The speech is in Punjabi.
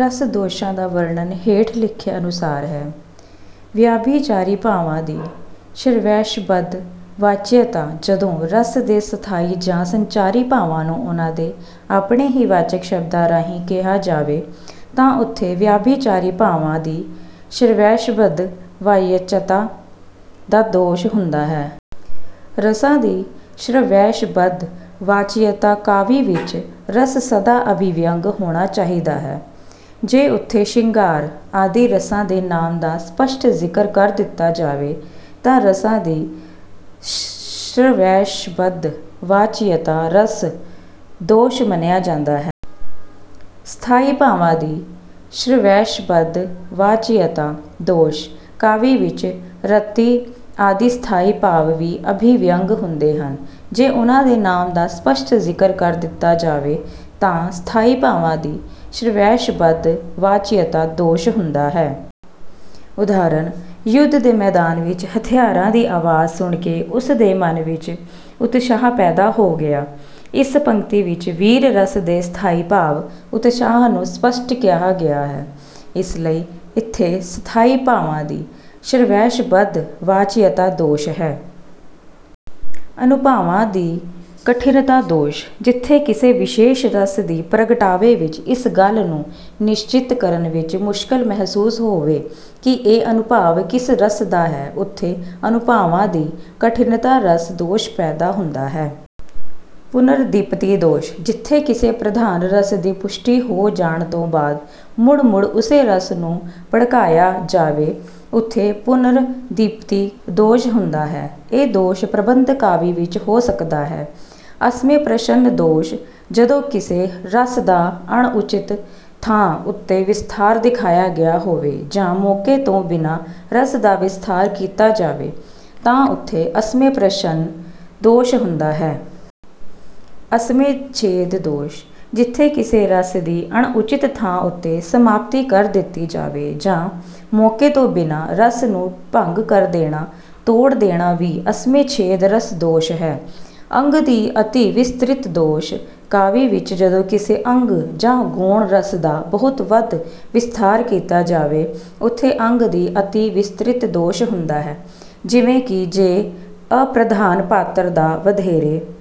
ਰਸ ਦੋਸ਼ਾਂ ਦਾ ਵਰਣਨ ਹੇਠ ਲਿਖੇ ਅਨੁਸਾਰ ਹੈ: ਵਿਆਭਿਚਾਰੀ ਭਾਵਾਂ ਦੀ ਸ਼੍ਰਵੈਸ਼ਬਦਵਾਚਯਤਾ-ਜਦੋਂ ਰਸ ਦੇ ਸਥਾਈ ਜਾਂ ਸੰਚਾਰੀ ਭਾਵਾਂ ਨੂੰ ਉਨ੍ਹਾਂ ਦੇ ਆਪਣੇ ਹੀ ਵਾਚਕ ਸ਼ਬਦਾਂ ਰਾਹੀਂ ਕਿਹਾ ਜਾਵੇ ਤਾਂ ਉੱਥੇ 'ਵਿਆਭਿਚਾਰੀ ਭਾਵਾਂ ਦੀ ਸ਼੍ਰਵੈਸ਼ਬਦਵਾਚਯਤਾ ਦਾ ਦੋਸ਼ ਹੁੰਦਾ ਹੈ। ਰਸਾਂ ਦੀ ਸ਼੍ਰਵੈਸ਼ਬਦਵਾਚਯਤਾ- ਕਾਵਿ ਵਿੱਚ ਰਸ ਸਦਾ ਅਭਿਵਿਅੰਗ ਹੋਣਾ ਚਾਹੀਦਾ ਹੈ। ਜੇ ਉੱਥੇ 'ਸ਼ਿੰਗਾਰ' ਆਦਿ ਰਸਾਂ ਦੇ ਨਾਮ ਦਾ ਸਪੱਸ਼ਟ ਜ਼ਿਕਰ ਕਰ ਦਿੱਤਾ ਜਾਵੇ ਤਾਂ 'ਰਸਾ ਦੀ ਸ਼੍ਰਵੈਸ਼ਬਦਵਾਚਯਤਾ' ਰਸ ਦੋਸ਼ ਮੰਨਿਆ ਜਾਂਦਾ ਹੈ। ਸਥਾਈ ਭਾਵਾਂ ਦੀ ਸ਼੍ਰਵੈਸ਼ਬਦਵਾਚਯਤਾ ਦੋਸ਼- ਕਾਵਿ ਵਿੱਚ 'ਰਤੀ' ਆਦਿ ਸਥਾਈ ਭਾਵ ਵੀ ਅਭਿਵਿਅੰਗ ਹੁੰਦੇ ਹਨ। ਜੇ ਉਨ੍ਹਾਂ ਦੇ ਨਾਮ ਦਾ ਸਪੱਸ਼ਟ ਜ਼ਿਕਰ ਕਰ ਦਿੱਤਾ ਜਾਵੇ ਤਾਂ 'ਸਥਾਈ ਭਾਵਾਂ ਦੀ ਸ਼੍ਰਵੈਸ਼ਬਦਵਾਚਯਤਾ' ਦੋਸ਼ ਹੁੰਦਾ ਹੈ। ਉਦਾਹਰਨ- ਯੁੱਧ ਦੇ ਮੈਦਾਨ ਵਿੱਚ ਹਥਿਆਰਾਂ ਦੀ ਆਵਾਜ਼ ਸੁਣ ਕੇ ਉਸ ਦੇ ਮਨ ਵਿੱਚ ਉਤਸ਼ਾਹ ਪੈਦਾ ਹੋ ਗਿਆ। ਇਸ ਪੰਕਤੀ ਵਿੱਚ ਵੀਰ ਰਸ ਦੇ ਸਥਾਈ ਭਾਵ 'ਉਤਸ਼ਾਹ' ਨੂੰ ਸਪੱਸ਼ਟ ਕਿਹਾ ਗਿਆ ਹੈ, ਇਸ ਲਈ ਇੱਥੇ 'ਸਥਾਈ ਭਾਵਾਂ ਦੀ ਸ਼੍ਰਵੈਸ਼ਬਦਵਾਚਯਤਾ' ਦੋਸ਼ ਹੈ। ਅਨੁਭਾਵਾਂ ਦੀ ਕਠਿਨਤਾ ਦੋਸ਼- ਜਿੱਥੇ ਕਿਸੇ ਵਿਸ਼ੇਸ਼ ਰਸ ਦੀ ਪ੍ਰਗਟਾਵੇ ਵਿੱਚ ਇਸ ਗੱਲ ਨੂੰ ਨਿਸ਼ਚਿਤ ਕਰਨ ਵਿੱਚ ਮੁਸ਼ਕਲ ਮਹਿਸੂਸ ਹੋਵੇ ਕਿ ਇਹ ਅਨੁਭਾਵ ਕਿਸ ਰਸ ਦਾ ਹੈ, ਉੱਥੇ 'ਅਨੁਭਾਵਾਂ ਦੀ ਕਠਿਨਤਾ' ਰਸ ਦੋਸ਼ ਹੁੰਦਾ ਹੈ। ਪੁਨਰਦੀਪਤੀ ਦੋਸ਼- ਜਿੱਥੇ ਕਿਸੇ ਪ੍ਰਧਾਨ ਰਸ ਦੀ ਪੁਸ਼ਟੀ ਹੋ ਜਾਣ ਤੋਂ ਬਾਅਦ ਮੁੜ-ਮੁੜ ਉਸੇ ਰਸ ਨੂੰ ਭੜਕਾਇਆ ਜਾਵੇ, ਉੱਥੇ 'ਪੁਨਰਦੀਪਤੀ' ਦੋਸ਼ ਹੁੰਦਾ ਹੈ। ਇਹ ਦੋਸ਼ ਪ੍ਰਬੰਧ ਕਾਵਿ ਵਿੱਚ ਹੋ ਸਕਦਾ ਹੈ। ਅਸਮੇਂ ਪ੍ਰਸ਼ਨ ਦੋਸ਼- ਜਦੋਂ ਕਿਸੇ ਰਸ ਦਾ ਅਣਉਚਿਤ ਥਾਂ ਉੱਤੇ ਵਿਸਥਾਰ ਦਿਖਾਇਆ ਗਿਆ ਹੋਵੇ ਜਾਂ ਮੌਕੇ ਤੋਂ ਬਿਨਾਂ ਰਸ ਦਾ ਵਿਸਥਾਰ ਕੀਤਾ ਜਾਵੇ ਤਾਂ ਉੱਥੇ 'ਅਸਮੇਂ ਪ੍ਰਸ਼ਨ' ਦੋਸ਼ ਹੁੰਦਾ ਹੈ। ਅਸਮੇਂ ਛੇਦ ਦੋਸ਼- ਜਿੱਥੇ ਕਿਸੇ ਰਸ ਦੀ ਅਣਉਚਿਤ ਥਾਂ ਉੱਤੇ ਸਮਾਪਤੀ ਕਰ ਦਿੱਤੀ ਜਾਵੇ ਜਾਂ ਮੌਕੇ ਤੋਂ ਬਿਨਾਂ ਰਸ ਨੂੰ ਭੰਗ ਕਰ ਦੇਣਾ, ਤੋੜ ਦੇਣਾ ਵੀ 'ਅਸਮੇਂ ਛੇਦ' ਰਸ ਦੋਸ਼ ਹੈ। ਅੰਗ ਦੀ ਅਤਿ ਵਿਸਤ੍ਰਿਤੀ ਦੋਸ਼- ਕਾਵਿ ਵਿੱਚ ਜਦੋਂ ਕਿਸੇ ਅੰਗ ਜਾਂ ਗੌਣ ਰਸ ਦਾ ਬਹੁਤ ਵੱਧ ਵਿਸਥਾਰ ਕੀਤਾ ਜਾਵੇ, ਉੱਥੇ 'ਅੰਗ ਦੀ ਅਤਿ ਵਿਸਤ੍ਰਿਤੀ' ਦੋਸ਼ ਹੁੰਦਾ ਹੈ। ਜਿਵੇਂ ਕਿ ਜੇ ਅਪ੍ਰਧਾਨ ਪਾਤਰ ਦਾ ਵਧੇਰੇ